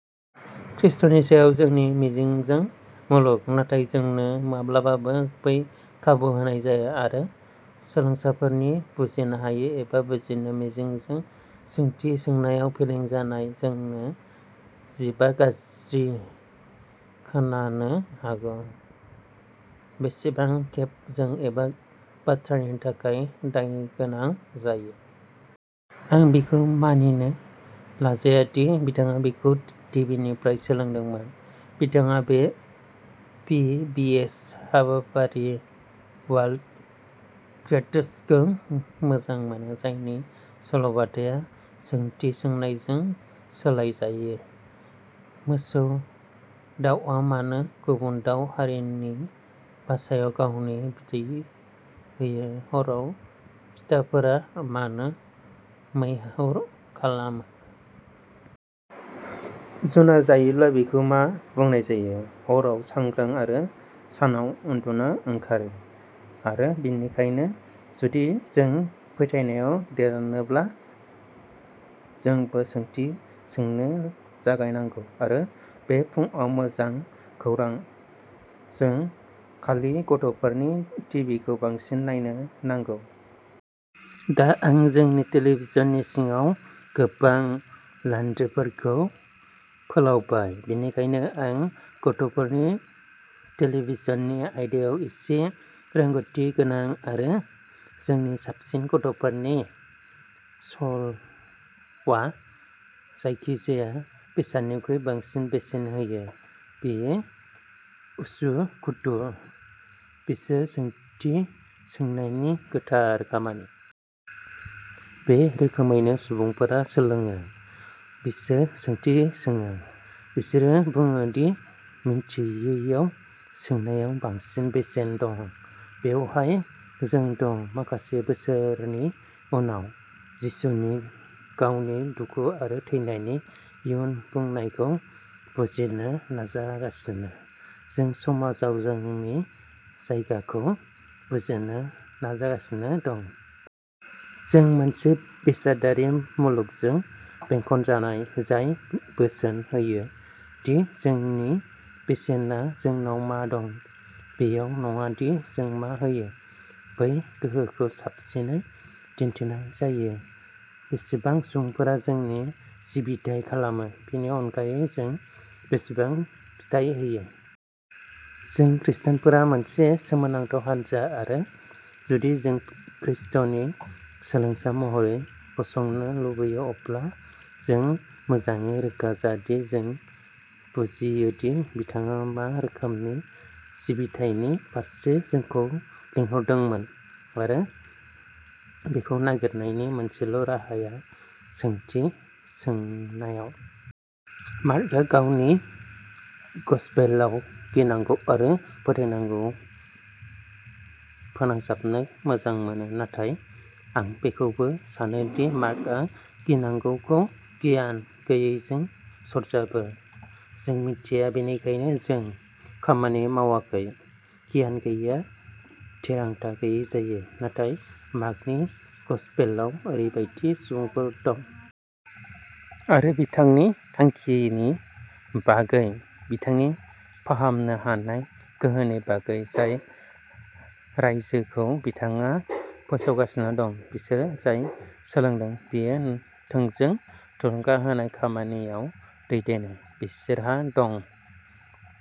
ख्रीष्टनि सायाव जोंनि मिजिंजों मुलुग। नाथाय जोंनो माब्लाबाबो बै खाबु होनाय जाया। आरो सोलोंसाफोरनि बुजिनो हायै एबा बुजिनो मिजिंजों सोंथि सोंनायाव फेलें जानाया जोंनो जिबा गाज्रि खोनानो हागौ, बेसेबां खेब जों एखे बाथ्रानि थाखाय दायगोनां जायो? आं बेखौ मानिनो लाजाया दि बिथाङा बेखौ टिभिनिफ्राय सोलोंदोंमोन। बिथाङा बे पिबिएस हाबाफारि वाइल्ड क्रेट्सखौ मोजां मोनो, जायनि सल'बाथाया सोंथि सोंनायजों सालायजायो। मोसौ दाउआ मानो गुबुन दाउ हारिनि बासाआव गावनि बिदै होयो? हराव फिटाफोरा मानो मैहुर खालामो? जुनार जायोब्ला बेखौ मा बुंनाय जायो? हराव सांग्रां आरो सानाव उन्दुनो ओंखारो? आरो बेनिखायनो, जुदि जों फोथायनायाव देरनोब्ला, जोंबो सोंथि सोंनो जागायनांगौ। आरो बे फुंआव मोजां खौरांः जों खालि गथ'फोरनि टिभिखौ बांसिन नायनो नांगौ। दा, आं जोंनि टेलिभिजननि सिगाङाव गोबां लान्ड्रिफोरखौ फोलावबाय, बेनिखायनो आं गथ'फोरनि टेलिभिजननि आयदायाव एसे रोंग'थिगोनां, आरो जोंनि साबसिन गथ'फोरनि श'आ जायखि-जाया बेसादनिख्रुइ बांसिन बेसेन होयो बेयो उसुखुथु। बिसोर सोंथि सोंनायनि गोथार खामानिखौ मान होयो। बे रोखोमैनो सुबुंफोरा सोलोङोः बिसोर सोंथि सोङो। बिसोरो बुङो दि मिन्थियैयाव सोंनायाव बांसिन बेसेन दं। बेवहाय जों दं, माखासे बोसोरनि उनाव। जिसुनि गावनि दुखु आरो थैनायनि इयुन बुंनायखौ बुजिनो नाजागासिनो। जों समाजाव जोंनि जायगाखौ बुजिनो नाजागासिनो दं। जों मोनसे बेसादारि मुलुगजों बेंखनजानाय। जाय बोसोन होयो दि जोंनि बेसेना जोंनाव मा दं, बेयाव नङा दि जों मा होयो। बै गोहोखौ साबसिनै दिन्थिनाय जायो बेसेबां सुबुंफोरा जोंनि सिबिथाइ खालामो, बेनि अनगायै जों बेसेबां सिबिथाइ होयो। जों खृष्टानफोरा मोनसे सोमोनांथाव हान्जा, आरो जुदि जों खृष्टनि सोलोंसा महरै गसंनो लुबैयो, अब्ला जों मोजाङै रोखा जा दि जों बुजियोदि बिथाङा मा रोखोमनि सिबिथायनि फारसे जोंखौ लिंहरदोंमोन। आरो बेखौ नागिरनायनि मोनसेल' राहाया सोंथि सोंनायाव। मार्कआ गावनि गसपेलाव गिनांगौ आरो फोथायनायखौ फोनांजाबनो मोजां मोनो। नाथाय आं बेखौबो सानो दि मार्कआ गिनांगौखौ गियान गैयैजों सरजाबो। जों मिथिया, बेनिखायनो जों खामानि मावाखै। गियान गैयैआ थिरांथा गैयै जायो। नाथाय, मार्कनि गसपेलाव ओरैबायदि सुबुंफोर दं जाय बे जिसु खृष्टनि सोमोन्दै सैथोखौ सोलोंदों। आरो बिथांनि थांखिनि बागै, बिथांनि फाहामनो हानाय गोहोनि बागै, जाय रायजोखौ बिथाङा फोसावगासिनो दं, बिसोर जाय सोलोंदों, बेयो थोंजों थुलुंगा होनाय खामानियाव दैदेनो। बिसोरहा दं।